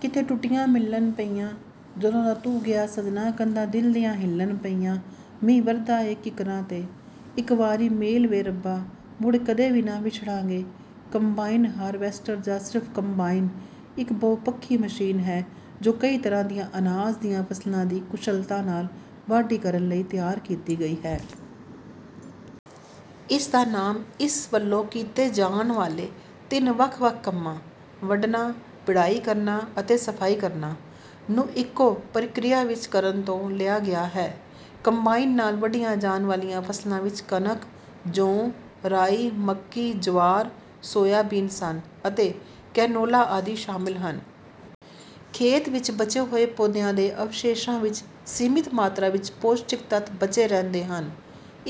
ਕਿੱਥੇ ਟੁੱਟੀਆਂ ਮਿਲਣ ਪਈਆਂ, ਜਦੋਂ ਦਾ ਤੂੰ ਗਿਆ ਸੱਜਣਾ, ਕੰਧਾਂ ਦਿਲ ਦੀਆਂ ਹਿੱਲਣ ਪਈਆਂ। ਮੀਂਹ ਵਰਦਾ ਏ ਕਿੱਕਰਾਂ ’ਤੇ, ਇਕ ਵਾਰੀ ਮੇਲ ਵੇ ਰੱਬਾ, ਮੁੜ ਕਦੇ ਵੀ ਨਾ ਵਿਛੜਾਂਗੇ। ਕੰਬਾਈਨ ਹਾਰਵੈਸਟਰ, ਜਾਂ ਸਿਰਫ਼ ਕੰਬਾਈਨ, ਇੱਕ ਬਹੁਪੱਖੀ ਮਸ਼ੀਨ ਹੈ, ਜੋ ਕਈ ਤਰ੍ਹਾਂ ਦੀਆਂ ਅਨਾਜ ਦੀਆਂ ਫ਼ਸਲਾਂ ਦੀ ਕੁਸ਼ਲਤਾ ਨਾਲ ਵਾਢੀ ਕਰਨ ਲਈ ਤਿਆਰ ਕੀਤੀ ਗਈ ਹੈ। ਇਸ ਦਾ ਨਾਮ ਇਸ ਵੱਲੋਂ ਕੀਤੇ ਜਾਣ ਵਾਲੇ ਤਿੰਨ ਵੱਖ-ਵੱਖ ਕੰਮਾਂ—ਵੱਢਣਾ, ਪਿੜਾਈ ਕਰਨਾ ਅਤੇ ਸਫ਼ਾਈ ਕਰਨਾ—ਨੂੰ ਇੱਕੋ ਪ੍ਰਕਿਰਿਆ ਵਿੱਚ ਕਰਨ ਤੋਂ ਲਿਆ ਗਿਆ ਹੈ। ਕੰਬਾਈਨ ਨਾਲ ਵੱਢੀਆਂ ਜਾਣ ਵਾਲੀਆਂ ਫ਼ਸਲਾਂ ਵਿੱਚ ਕਣਕ, ਜੌਂ, ਰਾਈ, ਮੱਕੀ, ਜਵਾਰ, ਸੋਇਆਬੀਨ, ਸਣ ਅਤੇ ਕੈਨੋਲਾ ਆਦਿ ਸ਼ਾਮਲ ਹਨ। ਖੇਤ ਵਿੱਚ ਬਚੇ ਹੋਏ ਪੌਦਿਆਂ ਦੇ ਅਵਸ਼ੇਸ਼ਾਂ ਵਿੱਚ ਸੀਮਤ ਮਾਤਰਾ ਵਿੱਚ ਪੌਸ਼ਟਿਕ ਤੱਤ ਬਚੇ ਰਹਿੰਦੇ ਹਨ।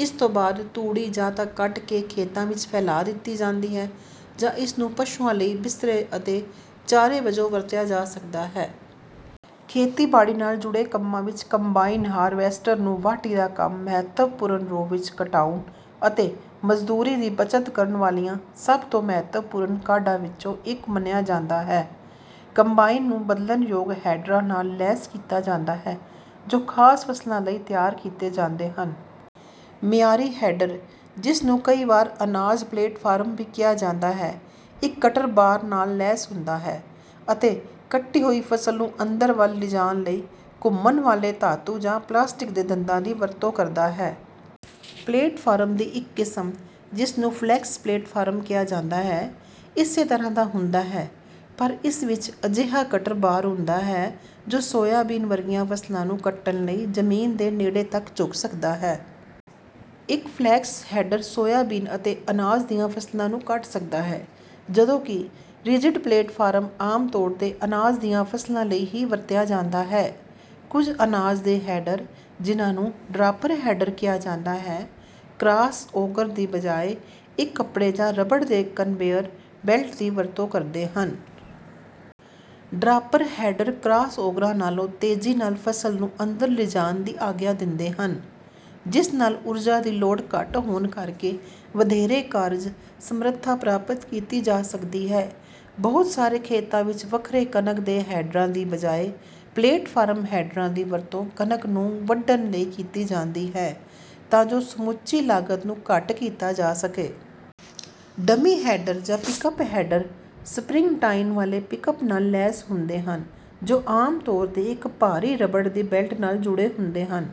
ਇਸ ਤੋਂ ਬਾਅਦ ਤੂੜੀ ਜਾਂ ਤਾਂ ਕੱਟ ਕੇ ਖੇਤਾਂ ਵਿੱਚ ਫੈਲਾ ਦਿੱਤੀ ਜਾਂਦੀ ਹੈ ਜਾਂ ਇਸ ਨੂੰ ਪਸ਼ੂਆਂ ਲਈ ਬਿਸਤਰੇ ਅਤੇ ਚਾਰੇ ਵਜੋਂ ਵਰਤਿਆ ਜਾ ਸਕਦਾ ਹੈ। ਖੇਤੀਬਾੜੀ ਨਾਲ ਜੁੜੇ ਕੰਮਾਂ ਵਿੱਚ ਕੰਬਾਈਨ ਹਾਰਵੈਸਟਰ ਨੂੰ ਵਾਢੀ ਦਾ ਕੰਮ ਮਹੱਤਵਪੂਰਨ ਰੂਪ ਵਿੱਚ ਘਟਾਉਣ ਅਤੇ ਮਜ਼ਦੂਰੀ ਦੀ ਬੱਚਤ ਕਰਨ ਵਾਲੀਆਂ ਸਭ ਤੋਂ ਮਹੱਤਵਪੂਰਨ ਕਾਢਾਂ ਵਿੱਚੋਂ ਇੱਕ ਮੰਨਿਆ ਜਾਂਦਾ ਹੈ। ਕੰਬਾਈਨ ਨੂੰ ਬਦਲਣਯੋਗ ਹੈਡਰਾਂ ਨਾਲ ਲੈਸ ਕੀਤਾ ਜਾਂਦਾ ਹੈ, ਜੋ ਖ਼ਾਸ ਫ਼ਸਲਾਂ ਲਈ ਤਿਆਰ ਕੀਤੇ ਜਾਂਦੇ ਹਨ। ਮਿਆਰੀ ਹੈਡਰ, ਜਿਸ ਨੂੰ ਕਈ ਵਾਰ ਅਨਾਜ ਪਲੇਟਫਾਰਮ ਵੀ ਕਿਹਾ ਜਾਂਦਾ ਹੈ, ਇੱਕ ਕਟਰ ਬਾਰ ਨਾਲ ਲੈਸ ਹੁੰਦਾ ਹੈ ਅਤੇ ਕੱਟੀ ਹੋਈ ਫ਼ਸਲ ਨੂੰ ਅੰਦਰ ਵੱਲ ਲਿਜਾਣ ਲਈ ਘੁੰਮਣ ਵਾਲੇ ਧਾਤੂ ਜਾਂ ਪਲਾਸਟਿਕ ਦੇ ਦੰਦਾਂ ਦੀ ਵਰਤੋਂ ਕਰਦਾ ਹੈ। ਪਲੇਟਫਾਰਮ ਦੀ ਇੱਕ ਕਿਸਮ, ਜਿਸ ਨੂੰ ਫਲੈਕਸ ਪਲੇਟਫਾਰਮ ਕਿਹਾ ਜਾਂਦਾ ਹੈ, ਇਸੇ ਤਰ੍ਹਾਂ ਦਾ ਹੁੰਦਾ ਹੈ, ਪਰ ਇਸ ਵਿੱਚ ਅਜਿਹਾ ਕਟਰ ਬਾਰ ਹੁੰਦਾ ਹੈ ਜੋ ਸੋਇਆਬੀਨ ਵਰਗੀਆਂ ਫ਼ਸਲਾਂ ਨੂੰ ਕੱਟਣ ਲਈ ਜ਼ਮੀਨ ਦੇ ਨੇੜੇ ਤੱਕ ਝੁਕ ਸਕਦਾ ਹੈ। ਇੱਕ ਫਲੈਕਸ ਹੈਡਰ ਸੋਇਆਬੀਨ ਅਤੇ ਅਨਾਜ ਦੀਆਂ ਫ਼ਸਲਾਂ ਨੂੰ ਕੱਟ ਸਕਦਾ ਹੈ, ਜਦੋਂਕਿ ਇੱਕ ਰਿਜਿਡ ਪਲੇਟਫਾਰਮ ਆਮ ਤੌਰ ’ਤੇ ਅਨਾਜ ਦੀਆਂ ਫ਼ਸਲਾਂ ਲਈ ਹੀ ਵਰਤਿਆ ਜਾਂਦਾ ਹੈ। ਕੁਝ ਅਨਾਜ ਦੇ ਹੈਡਰ, ਜਿਨ੍ਹਾਂ ਨੂੰ ਡਰਾਪਰ ਹੈਡਰ ਕਿਹਾ ਜਾਂਦਾ ਹੈ, ਕ੍ਰਾਸ ਔਗਰ ਦੀ ਬਜਾਏ ਇੱਕ ਕੱਪੜੇ ਜਾਂ ਰਬੜ ਦੇ ਕਨਵੇਅਰ ਬੈਲਟ ਦੀ ਵਰਤੋਂ ਕਰਦੇ ਹਨ। ਡਰਾਪਰ ਹੈਡਰ ਕ੍ਰਾਸ ਔਗਰਾਂ ਨਾਲੋਂ ਤੇਜ਼ੀ ਨਾਲ ਫ਼ਸਲ ਨੂੰ ਅੰਦਰ ਲਿਜਾਣ ਦੀ ਆਗਿਆ ਦਿੰਦੇ ਹਨ, ਜਿਸ ਨਾਲ ਊਰਜਾ ਦੀ ਲੋੜ ਘੱਟ ਹੋਣ ਕਾਰਨ ਵਧੇਰੇ ਕਾਰਜ-ਸਮਰੱਥਾ ਪ੍ਰਾਪਤ ਕੀਤੀ ਜਾ ਸਕਦੀ ਹੈ। ਬਹੁਤ ਸਾਰੇ ਖੇਤਾਂ ਵਿੱਚ, ਵੱਖਰੇ ਕਣਕ ਦੇ ਹੈਡਰਾਂ ਦੀ ਬਜਾਏ ਪਲੇਟਫਾਰਮ ਹੈਡਰਾਂ ਦੀ ਵਰਤੋਂ ਕਣਕ ਨੂੰ ਵੱਢਣ ਲਈ ਕੀਤੀ ਜਾਂਦੀ ਹੈ, ਤਾਂ ਜੋ ਸਮੁੱਚੀ ਲਾਗਤ ਨੂੰ ਘੱਟ ਕੀਤਾ ਜਾ ਸਕੇ। ਡਮੀ ਹੈਡਰ ਜਾਂ ਪਿਕਅੱਪ ਹੈਡਰ ਸਪ੍ਰਿੰਗ-ਟਾਈਨ ਵਾਲੇ ਪਿਕਅੱਪ ਨਾਲ ਲੈਸ ਹੁੰਦੇ ਹਨ, ਜੋ ਆਮ ਤੌਰ ’ਤੇ ਇੱਕ ਭਾਰੀ ਰਬੜ ਦੀ ਬੈਲਟ ਨਾਲ ਜੁੜੇ ਹੁੰਦੇ ਹਨ।